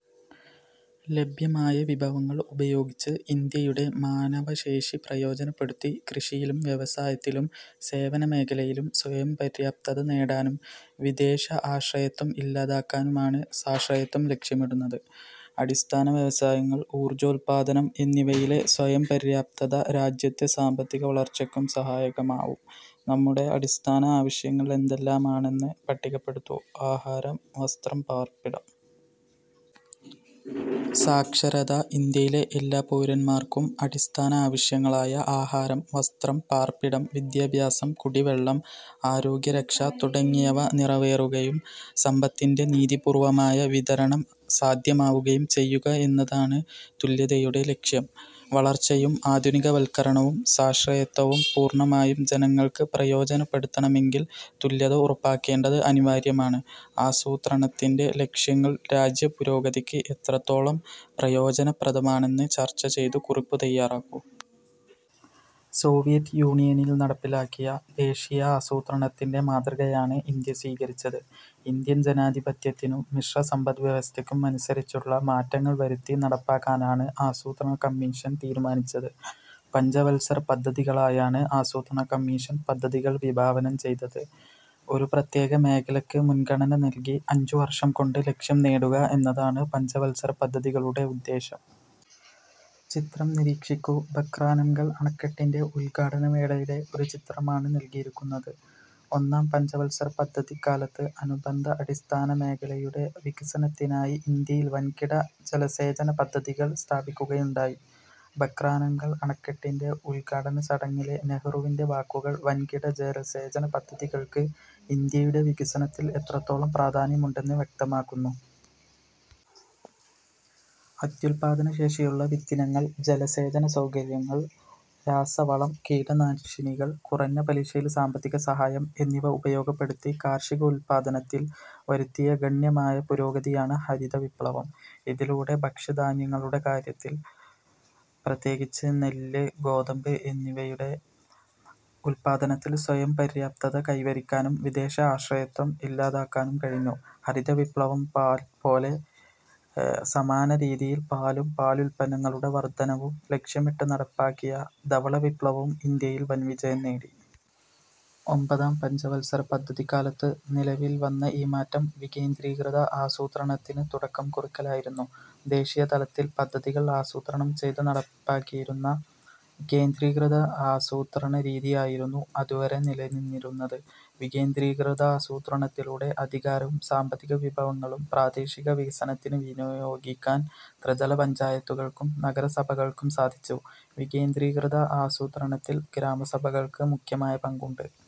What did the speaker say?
ലഭ്യമായ വിഭവങ്ങൾ ഉപയോഗിച്ച് ഇന്ത്യയുടെ മാനവശേഷി പ്രയോജനപ്പെടുത്തി കൃഷിയിലും വ്യവസായത്തിലും സേവനമേഖലയിലും സ്വയംപര്യാപ്തത നേടാനും വിദേശ ആശ്രയത്വം ഇല്ലാതാക്കാനുമാണ് സ്വാശ്രയത്വം ലക്ഷ്യമിടുന്നത്. അടിസ്ഥാന വ്യവസായങ്ങൾ, ഊർജോൽപ്പാദനം എന്നിവയിലെ സ്വയം പര്യാപ്തത രാജ്യത്തെ സാമ്പത്തികവളർച്ചയ്ക്കും സഹായകമാവും. നമ്മുടെ അടിസ്ഥാന ആവശ്യങ്ങൾ എന്തെല്ലാമാണെന്ന് പട്ടികപ്പെടുത്തു. ആഹാരം. വസ്ത്രം. പാർപ്പിടം. സാക്ഷരത. ഇന്ത്യയിലെ എല്ലാ പൗരന്മാർക്കും അടിസ്ഥാന ആവശ്യങ്ങളായ ആഹാരം, വസ്ത്രം, പാർപ്പിടം, വിദ്യാഭ്യാസം, കുടിവെള്ളം, ആരോഗ്യരക്ഷ തുടങ്ങിയവ നിറവേറുകയും സമ്പത്തിന്റെ നീതിപൂർവമായ വിതരണം സാധ്യമാവുകയും ചെയ്യുക എന്നതാണ് തുല്യതയുടെ ലക്ഷ്യം. വളർച്ചയും ആധുനികവൽക്കരണവും സ്വാശ്രയത്വവും പൂർണമായും ജനങ്ങൾക്ക് പ്രയോജനപ്പെടുത്തണമെങ്കിൽ തുല്യത ഉറപ്പാക്കേണ്ടത് അനിവാര്യമാണ്. ആസൂത്രണത്തിന്റെ ലക്ഷ്യങ്ങൾ രാജ്യപുരോഗതിക്ക് എത്രത്തോളം പ്രയോജനപ്രദമാണെന്നു ചർച്ച ചെയ്തു കുറിപ്പു തയാറാക്കൂ. സോവിയറ്റ് യൂണിയനിൽ നടപ്പാക്കിയ ദേശീയ ആസൂത്രണത്തിന്റെ മാതൃകയാണ് ഇന്ത്യ സ്വീകരിച്ചത്. ഇന്ത്യൻ ജനാധിപത്യത്തിനും മിശ്ര സമ്പദ് വ്യവസ്ഥയ്ക്കും അനുസരിച്ചുള്ള മാറ്റങ്ങൾ വരുത്തി നടപ്പാക്കാനാണ് ആസൂത്രണ കമ്മീഷൻ തീരുമാനിച്ചത്. പഞ്ചവൽസര പദ്ധതികളായാണ് ആസൂത്രണ കമ്മീഷൻ പദ്ധതികൾ വിഭാവനം ചെയ്തത്. ഒരു പ്രത്യേക മേഖലയ്ക്ക് മുൻഗണന നൽകി അഞ്ചുവർഷം കൊണ്ട് ലക്ഷ്യം നേടുക എന്നതാണ് പഞ്ചവത്സര പദ്ധതികളുടെ ഉദ്ദേശ്യം. ചിത്രം നിരീക്ഷിക്കൂ. ഭകാനംഗൽ അണക്കെട്ടിന്റെ ഉൽഘാടന വേളയിലെ ഒരു ചിത്രമാണ് നൽകിയിരിക്കുന്നത്. ഒന്നാം പഞ്ചവത്സരപദ്ധതിക്കാലത്ത് അനുബന്ധ അടിസ്ഥാന മേഖലയുടെ വികസനത്തിനായി ഇന്ത്യയിൽ വൻകിട ജലസേചന പദ്ധതികൾ സ്ഥാപിക്കുകയുണ്ടായി. ഭകാനംഗൽ അണക്കെട്ടിന്റെ ഉദ്ഘാടന ചടങ്ങിലെ നെഹ്റുവിന്റെ വാക്കുകൾ വൻകിട ജലസേചനപദ്ധതികൾക്ക് ഇന്ത്യയുടെ വികസനത്തിൽ എത്രത്തോളം പ്രാധാന്യമുണ്ടെന്ന് വ്യക്തമാക്കുന്നു. അത്യുൽപ്പാദനശേഷിയുള്ള വിത്തിനങ്ങൾ, ജലസേചനസൗകര്യങ്ങൾ, രാസവളം, കീടനാശിനികൾ, കുറഞ്ഞ പലിശയിൽ സാമ്പത്തികസഹായം എന്നിവ ഉപയോഗപ്പെടുത്തി കാർഷിക ഉൽപ്പാദനത്തിൽ വരുത്തിയ ഗണ്യമായ പുരോഗതിയാണ് ഹരിതവിപ്ലവം. ഇതിലൂടെ ഭക്ഷ്യധാന്യങ്ങളുടെ കാര്യത്തിൽ, പ്രത്യേകിച്ച് നെല്ല്, ഗോതമ്പ് എന്നിവയുടെ ഉല്പാദനത്തിൽ സ്വയംപര്യാപ്തത കൈവരിക്കാനും വിദേശ ആശയത്വം ഇല്ലാതാക്കാനും കഴിഞ്ഞു. ഹരിതവിപ്ലവം പോലെ സമാനരീതിയിൽ പാലും പാലുൽപ്പന്നങ്ങളുടെ വർധനവും ലക്ഷ്യമിട്ട് നടപ്പാക്കിയ ധവളവിപ്ലവവും ഇന്ത്യയിൽ വൻവിജയം നേടി. ഒമ്പതാം പഞ്ചവൽസരപദ്ധതിക്കാലത്തു നിലവിൽ വന്ന ഈ മാറ്റം വികേന്ദ്രീകൃത ആസൂത്രണത്തിന് തുടക്കം കുറിക്കലായിരുന്നു. ദേശീയതലത്തിൽ പദ്ധതികൾ ആസൂത്രണം ചെയ്തു നടപ്പാക്കിയിരുന്ന കേന്ദ്രീകൃത ആസൂത്രണരീതിയായിരുന്നു അതുവരെ നിലനിന്നിരുന്നത്. വികേന്ദ്രീകൃതാസൂത്രണത്തിലൂടെ, അധികാരവും സാമ്പത്തികവിഭവങ്ങളും പ്രാദേശിക വികസനത്തിനു വിനിയോഗിക്കാൻ ത്രിതല പഞ്ചായത്തുകൾക്കും നഗരസഭകൾക്കും സാധിച്ചു. വികേന്ദ്രീകൃത ആസൂത്രണത്തിൽ ഗ്രാമസഭകൾക്ക് മുഖ്യമായ പങ്കുണ്ട്.